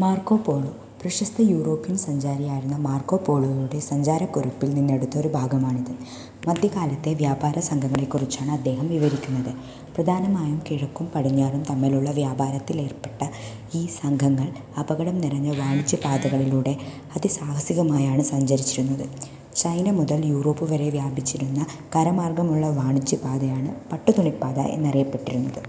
-Marco Polo. പ്രശസ്ത European സഞ്ചാരിയായിരുന്ന മാർക്കോപോളോയുടെ സഞ്ചാരക്കുറിപ്പിൽ നിന്നെടുത്ത ഒരു ഭാഗമാണിത്. മധ്യകാലത്തെ വ്യാപാരസംഘങ്ങളെക്കുറിച്ചാണ് അദ്ദേഹം വിവരിക്കുന്നത്. പ്രധാനമായും കിഴക്കും പടിഞ്ഞാറും തമ്മിലുള്ള വ്യാപാരത്തിലേർപ്പെട്ട ഈ സംഘങ്ങൾ അപകടം നിറഞ്ഞ വാണിജ്യപാതകളിലൂടെ അതിസാഹസികമായാണ് സഞ്ചരിച്ചിരുന്നത്. ചൈന മുതൽ യൂറോപ്പ് വരെ വ്യാപിച്ചിരുന്ന കര മാർഗമുള്ള വാണിജ്യ പാതയാണ് പട്ടു തുണിപ്പാത എന്നറിയപ്പെട്ടിരുന്നത്.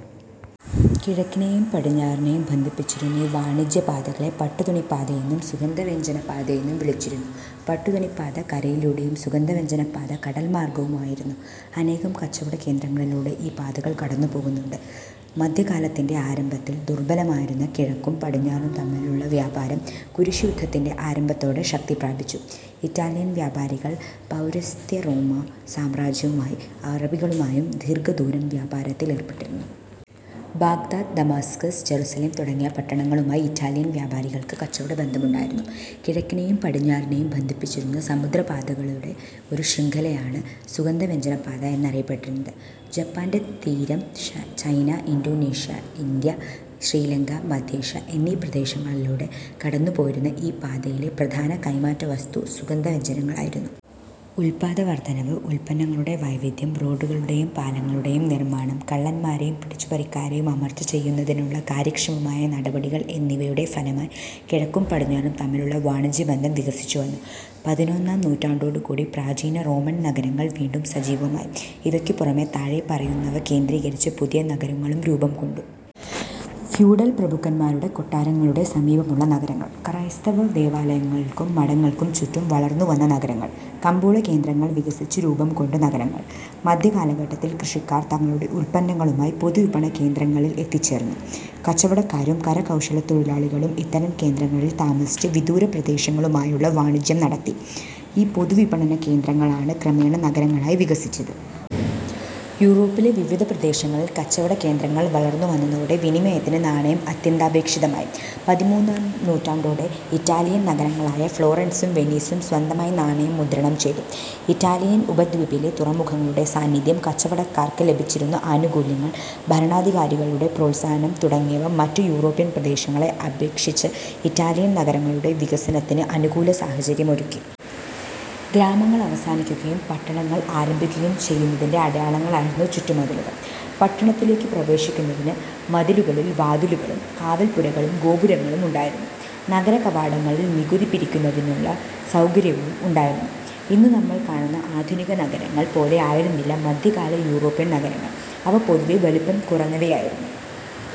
കിഴക്കിനെയും പടിഞ്ഞാറിനെയും ബന്ധിപ്പിച്ചിരുന്ന ഈ വാണിജ്യ പാതകളെ പട്ടുതുണി പാതയെന്നും, സുഗന്ധവ്യഞ്ജന പാതയെന്നും വിളിച്ചിരുന്നു. പട്ടുതുണിപ്പാത കരയിലൂടെയും സുഗന്ധവ്യഞ്ജനപാത കടൽ മാർഗ്ഗവുമായിരുന്നു. അനേകം കച്ചവടകേന്ദ്രങ്ങളിലൂടെ ഈ പാതകൾ കടന്നുപോകുന്നുണ്ട്. മധ്യകാലത്തിന്റെ ആരംഭത്തിൽ ദുർബലമായിരുന്ന കിഴക്കും പടിഞ്ഞാറും തമ്മിലുള്ള വ്യാപാരം കുരിശുയുദ്ധത്തിന്റെ ആരംഭത്തോടെ ശക്തി പ്രാപിച്ചു. ഇറ്റാലിയൻ വ്യാപാരികൾ പൗരസ്ത്യ റോമാ സാമ്രാജ്യവുമായും അറബികളുമായും ദീർഘദൂര വ്യാപാരത്തിൽ ഏർപ്പെട്ടിരുന്നു. ബാഗ്ദാദ്, ദമാസ്കസ്, ജറുസലേം തുടങ്ങിയ പട്ടണങ്ങളുമായി ഇറ്റാലിയൻ വ്യാപാരികൾക്ക് കച്ചവടബന്ധമുണ്ടായിരുന്നു. കിഴക്കിനെയും പടിഞ്ഞാറിനെയും ബന്ധിപ്പിച്ചിരുന്ന സമുദ്ര പാതകളുടെ ഒരു ശൃംഖലയാണ് സുഗന്ധവ്യഞ്ജനപാത എന്നറിയപ്പെട്ടിരുന്നത്. ജപ്പാന്റെ തീരം, ചൈന, ഇന്തോനേഷ്യ, ഇന്ത്യ, ശ്രീലങ്ക, മധ്യേഷ്യ എന്നീ പ്രദേശങ്ങളിലൂടെ കടന്നു പോയിരുന്ന ഈ പാതയിലെ പ്രധാന കൈമാറ്റവസ്തു സുഗന്ധവ്യഞ്ജനങ്ങളായിരുന്നു. ഉൽപാദന വർധനവ്, ഉൽപ്പന്നങ്ങളുടെ വൈവിധ്യം, റോഡുകളുടെയും പാലങ്ങളുടെയും നിർമാണം, കള്ളന്മാരെയും പിടിച്ചു പറിക്കാരെയും അമർച്ച ചെയ്യുന്നതിനുള്ള കാര്യക്ഷമമായ നടപടികൾ എന്നിവയുടെ ഫലമായി കിഴക്കും പടിഞ്ഞാറും തമ്മിലുള്ള വാണിജ്യബന്ധം വികസിച്ചുവന്നു. പതിനൊന്നാം നൂറ്റാണ്ടോടുകൂടി പ്രാചീന റോമൻനഗരങ്ങൾ വീണ്ടും സജീവമായി. ഇവക്കുപുറമെ താഴെ പറയുന്നവ കേന്ദ്രീകരിച്ച് പുതിയ നഗരങ്ങളും രൂപംകൊണ്ടു. ഫ്യൂഡൽ പ്രഭുക്കന്മാരുടെ കൊട്ടാരങ്ങളുടെ സമീപമുള്ള നഗരങ്ങൾ. ക്രൈസ്തവ ദേവാലയങ്ങൾക്കും മഠങ്ങൾക്കും ചുറ്റും വളർന്നുവന്നനഗരങ്ങൾ. കമ്പോളകേന്ദ്രങ്ങൾ വികസിച്ച് രൂപംകൊണ്ട് നഗരങ്ങൾ. മധ്യ കാലഘട്ടത്തിൽ കൃഷിക്കാർ തങ്ങളുടെ ഉൽപ്പന്നങ്ങളുമായി പൊതു വിപണന കേന്ദ്രങ്ങളിൽ എത്തിച്ചേർന്നു. കച്ചവടക്കാരും കരകൗശലത്തൊഴിലാളികളും ഇത്തരം കേന്ദ്രങ്ങളിൽ താമസിച്ച് വിദൂര പ്രദേശങ്ങളുമായുള്ള വാണിജ്യം നടത്തി. ഈ പൊതുവിപണനകേന്ദ്രങ്ങളാണ് ക്രമേണ നഗരങ്ങളായി വികസിച്ചത്. യൂറോപ്പിന്റെ വിവിധ പ്രദേശങ്ങളിൽ കച്ചവടകേന്ദ്രങ്ങൾ വളർന്നുവന്നതോടെ വിനിമയത്തിന് നാണയം അത്യന്താപേക്ഷിതമായി. പതിമൂന്നാം നൂറ്റാണ്ടോടെ ഇറ്റാലിയൻ നഗരങ്ങളായ ഫ്ളോറൻസും വെനീസും സ്വന്തമായി നാണയം മുദ്രണം ചെയ്തു. ഇറ്റാലിയൻ ഉപദ്വീപിലെ തുറമുഖങ്ങളുടെ സാന്നിധ്യം, കച്ചവടക്കാർക്ക് ലഭിച്ചിരുന്ന ആനുകൂല്യങ്ങൾ, ഭരണാധികാരികളുടെ പ്രോത്സാഹനം തുടങ്ങിയവ മറ്റു യൂറോപ്യൻ പ്രദേശങ്ങളെ അപേക്ഷിച്ച് ഇറ്റാലിയൻ നഗരങ്ങളുടെ വികാസത്തിന് അനുകൂല സാഹചര്യമൊരുക്കി. ഗ്രാമങ്ങൾ അവസാനിക്കുകയും പട്ടണങ്ങൾ ആരംഭിക്കുകയും ചെയ്യുന്നതിന്റെ അടയാളങ്ങളായിരുന്നു ചുറ്റുമതിലുകൾ. പട്ടണത്തിലേക്കു പ്രവേശിക്കുന്നതിന് മതിലുകളിൽ വാതിലുകളും കാവൽപ്പുരകളും ഗോപുരങ്ങളും ഉണ്ടായിരുന്നു. നഗരകവാടങ്ങളിൽ നികുതി പിരിക്കുന്നതിനുള്ള സൗകര്യവും ഉണ്ടായിരുന്നു. ഇന്നു നമ്മൾ കാണുന്ന ആധുനിക നഗരങ്ങൾ പോലെ ആയിരുന്നില്ല മധ്യകാല യൂറോപ്യൻ നഗരങ്ങൾ. അവ പൊതുവെ വലുപ്പം കുറഞ്ഞവയായിരുന്നു.